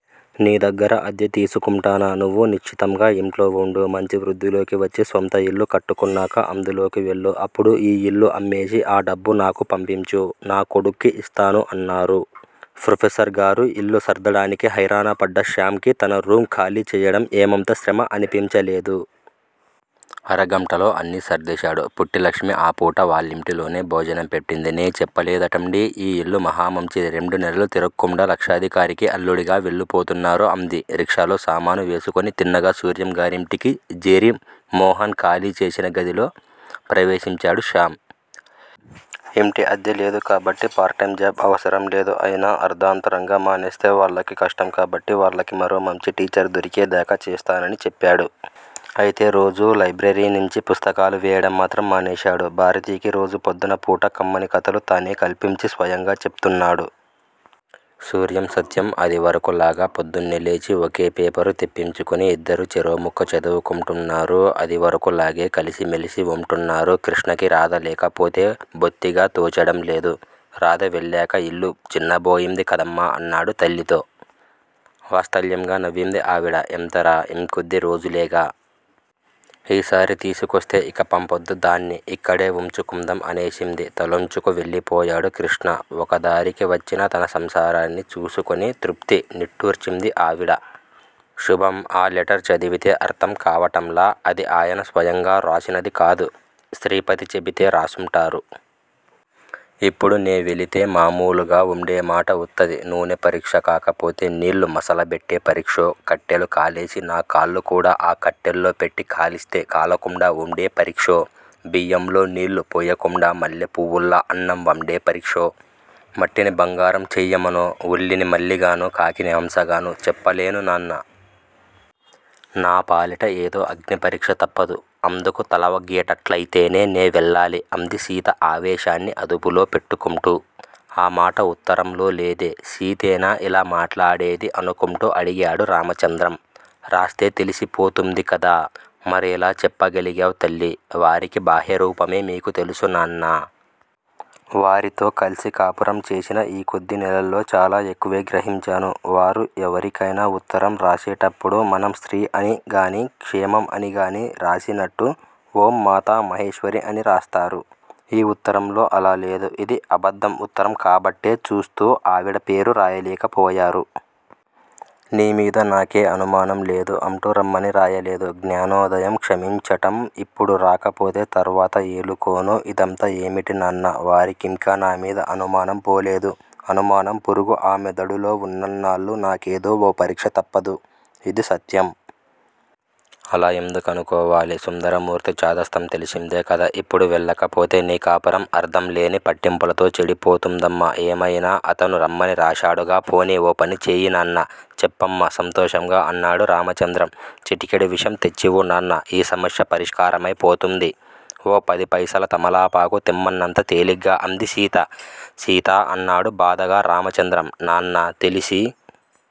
నీ దగ్గర అద్దె తీసుకుంటానా? నువ్వు నిశ్చింతగా ఇంట్లో వుండు మంచి వృద్దిలోకి వచ్చి స్వంత ఇల్లు కట్టుక్కున్నాక అందులోకి వెళ్ళు. అప్పుడు ఈ యిల్లు అమ్మేసి ఆ డబ్బు నాకు పంపించు. నా కొడుక్కి యిస్తాను అన్నారు. ప్రొఫెసర్ గారు యిల్లు సర్దడానికి హైరానాపడ్డ శ్యామ్ కి తన రూం ఖాళీ చెయ్యడం ఏమంత శ్రమ అనిపించలేదు. అరగంటలో అన్నీ సర్దేశాడు. పుట్టిలక్ష్మి ఆ పూట వాళ్ళింటిలోనే భోజనం పెట్టింది నే చెప్పలేదుటండీ, ఈ యిల్లు మహా మంచిది. రెండు నెలలు తిరక్కుండా లక్షాధికారికి అల్లుడిగా వెళ్ళిపోతున్నారు అంది. రిక్షాలో సామానువేసుకుని తిన్నగా సూర్యం గారింటికి జేరి మోహన్ ఖాళీ చేసిన గదిలో ప్రవేశించాడు శ్యామ్. ఇంటి అద్దె లేదు కాబట్టి పార్ట్ టైం జాబ్ అవసరంలేదు. అయినా అర్థాంతరంగా మానేస్తే వాళ్ళకి కష్టం కాబట్టి వాళ్ళకి మరో మంచి టీచర్ దొరికేదాకా చేస్తానని చెప్పాడు. అయితే రోజూ లైబ్రరీనించి పుస్తకాలు వేవడం మాత్రం మానేసాడు. భారతికి రోజు పొద్దున పూట కమ్మని కథలు తనే కల్పించి స్వయంగా చెప్తున్నాడు. సూర్యం, సత్యం అదివరకులాగా పొద్దున్నే లేచి ఒకే పేపరు తెప్పించుకుని యిద్దరూ చెరో ముక్కా చదువుకుంటున్నారు. అదివరకులాగే కలిసిమెలిసి ఉంటున్నారు. క్రిష్ణకి రాధ లేకపోతే బొత్తిగా తోచడంలేదు. రాధ వెళ్ళాక యిల్లు చిన్నబోయింది కదమ్మా! అన్నాడు తల్లితో. వాత్సల్యంగా నవ్వింది ఆవిడ. ఎంతరా! ఇంకొద్ది రోజులేగా. ఈసారి తీసుకొస్తే యిక పంపొద్దు దాన్ని. ఇక్కడే ఉంచుకుందాం అనేసింది. తలొంచుకు వెళ్ళిపోయాడు కృష్ణ. ఒకదారికి వచ్చిన తన సంసారాన్ని చూసుకుని తృప్తి నిట్టూర్చింది ఆవిడ. శుభం అ లెటర్ చదివితే అర్ధం కావటంలా? అది అయన స్వయంగా వ్రాసినది కాదు. శ్రీపతి చెపితే రాసుంటారు. ఇప్పుడు నే వెళితే మాములుగా ఉండేమాట ఉత్తది. నూనె పరిక్ష కాకపోతే నీళ్ళు మసలబెట్టే పరిక్షో కట్టెలు కాలేసి నా కాళ్ళు కూడా ఆ కట్టెల్లో పెట్టి కాలిస్తే కాలకుండా వుండే పరిక్షో బియ్యంలో నీళ్ళు పొయ్యకుండా మల్లెపువ్వుల్లా అన్నం వండే పరిక్షో, మట్టిని బంగారం చేయ్యమనో, ఉల్లిని మళ్ళి గాను, కాకిని హంసగాను, చెప్పలేను నాన్నా! నా పాలిట ఏదో అగ్ని పరిక్ష తప్పదు. అందుకు తలవగ్గేటట్లయితేనే నే వెళ్ళాలి. అంది సీత ఆవేశాన్ని అదుపులో పెట్టుకుంటూ. ఆ మాట ఉత్తరంలో లేదే? సీతేనా ఇలా మాట్లాడేది అనుకుంటూ అడిగాడు రామచంద్రం. రాస్తే తెలిసిపోతుంది కదా? మరెలా చెప్పగాలిగావ్ తల్లి? వారికీ బాహ్య రూపమే మీకు తెలుసు నాన్నా! వారితో కల్సి కాపురం చేసిన ఈ కొద్ది నెలల్లో చాలా ఎక్కువే గ్రహించాను. వారు ఎవరికైనా ఉత్తరం రాసేటప్పుడు, మనం శ్రీ అని గాని క్షేమం అని గాని రాసినట్టు ఓం మాతా మహేశ్వరీ అని రాస్తారు. ఈ ఉత్తరంలో అలా లేదు. ఇది అబద్దం ఉత్తరం కాబట్టే చూస్తూ ఆవిడ పేరు రాయలేకపోయారు. నీ మీద నాకే అనుమానం లేదు, అంటూ రమ్మని రాయలేదు. జ్ఞానోదయం, క్షమించటం, ఇప్పుడు రాకపోతే తర్వాత ఏలుకోను, ఇదంతా ఏమిటి నాన్నా? వారికింకా నా మీద అనుమానం పోలేదు. అనుమానం పురుగు ఆ మెదడులో ఉన్నన్నాళ్ళు నాకేదో ఓ పరిక్ష తప్పదు, ఇది సత్యం. అలా ఎందుకనుకోవాలి? సుందరమూర్తి చాదస్తం తెలిసిందే కదా? ఇప్పుడు వెళ్ళకపోతే నీ కాపురం అర్ధం లేని పట్టింపులతో చెడిపోతుందమ్మా! ఏమయినా అతను రమ్మని రాశాడుగా పోనీ ఓపని చేయినాన్నా! చెప్పమ్మా సంతోషంగా అన్నాడు రామచంద్రం. చిటికెడు విషం తెచ్చివ్వు నాన్నా! ఈ సమస్య పరిష్కారమైపోతుంది. ఓ పదిపైసల తమలపాకు తెమ్మన్నంత తేలిగ్గా అంది సీత. సీత అన్నాడు బాధగా రామచంద్రం. నాన్నా! తెలిసి